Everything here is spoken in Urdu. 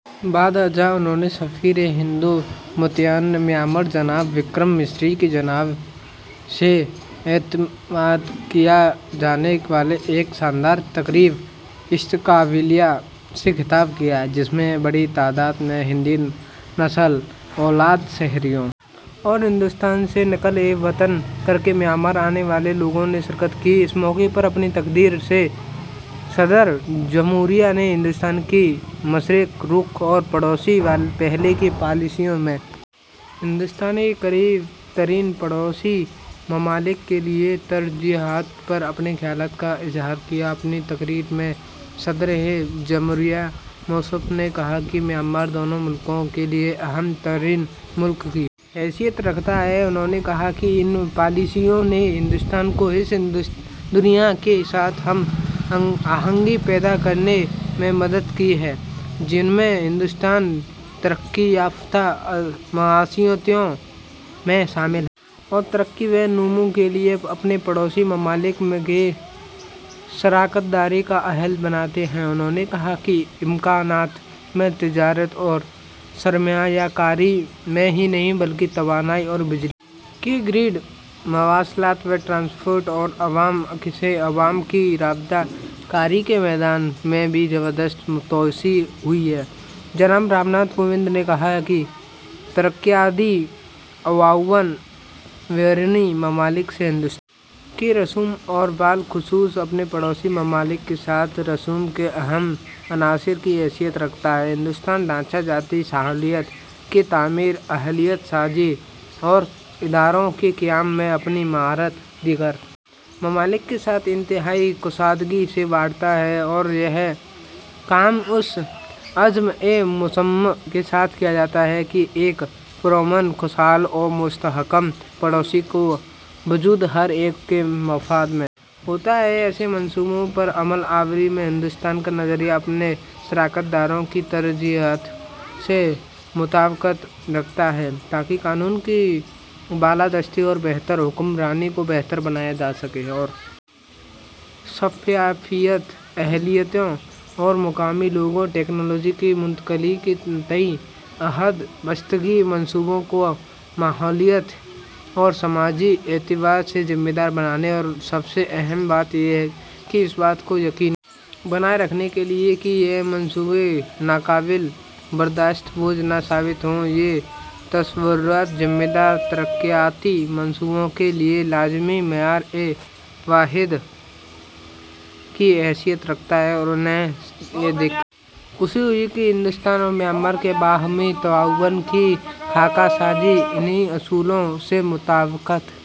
بعد ازاں انہوں نے سفیر ہند متعینہ میانمار جناب وکرم مسری کی جانب سے اہتمام کیے جانے والے ایک شاندار تقریب استقبالیہ سے خطاب کیا جس میں بڑی تعداد میں ہند نژاد شہریوں اور ہندوستان سے نقل وطن کر کے میانمار آنے والے لوگوں نے شرکت کی اس موقع پر اپنی تقریر میں صدر جمہوریہ نے ہندوستان کی مشرق رخ اور پڑوسی پہلے کی پالیسیوں میں ہندوستان کے قریب ترین پڑوسی ممالک کے لیے ترجیحات پر اپنے خیالات کا اظہار کیا اپنی تقریر میں صدر جمہوریہ موصوف نے کہا کہ میانمار دونوں ملکوں کے لیے اہم ترین ملک کی حیثیت رکھتا ہے انہوں نے کہا کہ ان پالیسیوں نے ہندوستان کو اس دنیا کے ساتھ ہم آہنگی پیدا کرنے میں مدد کی ہے جن میں ہندوستان ترقی یافتہ معیشتوں میں شامل ہے اور ترقی و نمو کے لیے اپنے پڑوسی ممالک کو شراکت داری کا اہل بناتے ہیں انہوں نے کہا کہ امکانات میں تجارت اور سرمایہ کاری میں ہی نہیں بلکہ توانائی اور بجلی کے گرڈ مواصلات و ٹرانسپورٹ اور عوام سے عوام کی رابطہ کاری کے میدان میں بھی زبردست توسیع ہوئی ہے جناب رام ناتھ کووند نے کہا کہ ترقیاتی تعاون بیرونی ممالک سے ہندوستان کے مراسم اور بالخصوص اپنے پڑوسی ممالک کے ساتھ مراسم کے اہم عنصر کی حیثیت رکھتا ہے ہندوستان ڈھانچہ جاتی سہولیات کی تعمیر اہلیت سازی اور اداروں کے قیام میں اپنی مہارت دیگر ممالک کے ساتھ انتہائی کشادگی سے بانٹتا ہے اور یہ کام اس عزم مصمم کے ساتھ کیا جاتا ہے کہ ایک پرامن خوشحال اور مستحکم پڑوسی کا وجود ہر ایک کے مفاد میں ہوتا ہے ایسے منصوبوں پر عمل آوری میں ہندوستان کا نظریہ اپنے شراکت داروں کی ترجیحات سے مطابقت رکھتا ہے تاکہ قانون کی بالادستی اور بہتر حکمرانی کو بہتر بنایا جا سکے اور شفافیت اہلیتوں اور مقامی لوگوں ٹیکنالوجی کی منتقلی کے تئیں عہد بستگی منصوبوں کو ماحولیاتی اور سماجی اعتبار سے ذمہ دار بنانے اور سب سے اہم بات یہ کہ اس بات کو یقینی بنائے رکھنے کے لیے کہ یہ منصوبے ناقابل برداشت بوجھ نہ ثابت ہوں یہ تصورات ذمہ دار ترقیاتی منصوبوں کے لیے لازمی معیار واحد کی حیثیت رکھتا ہے اور انہیں یہ دیکھ کر خوشی ہوئی ہے کہ ہندوستان اور میانمار کے باہمی تعاون کی خاکہ سازی انہی اصولوں سے مطابقت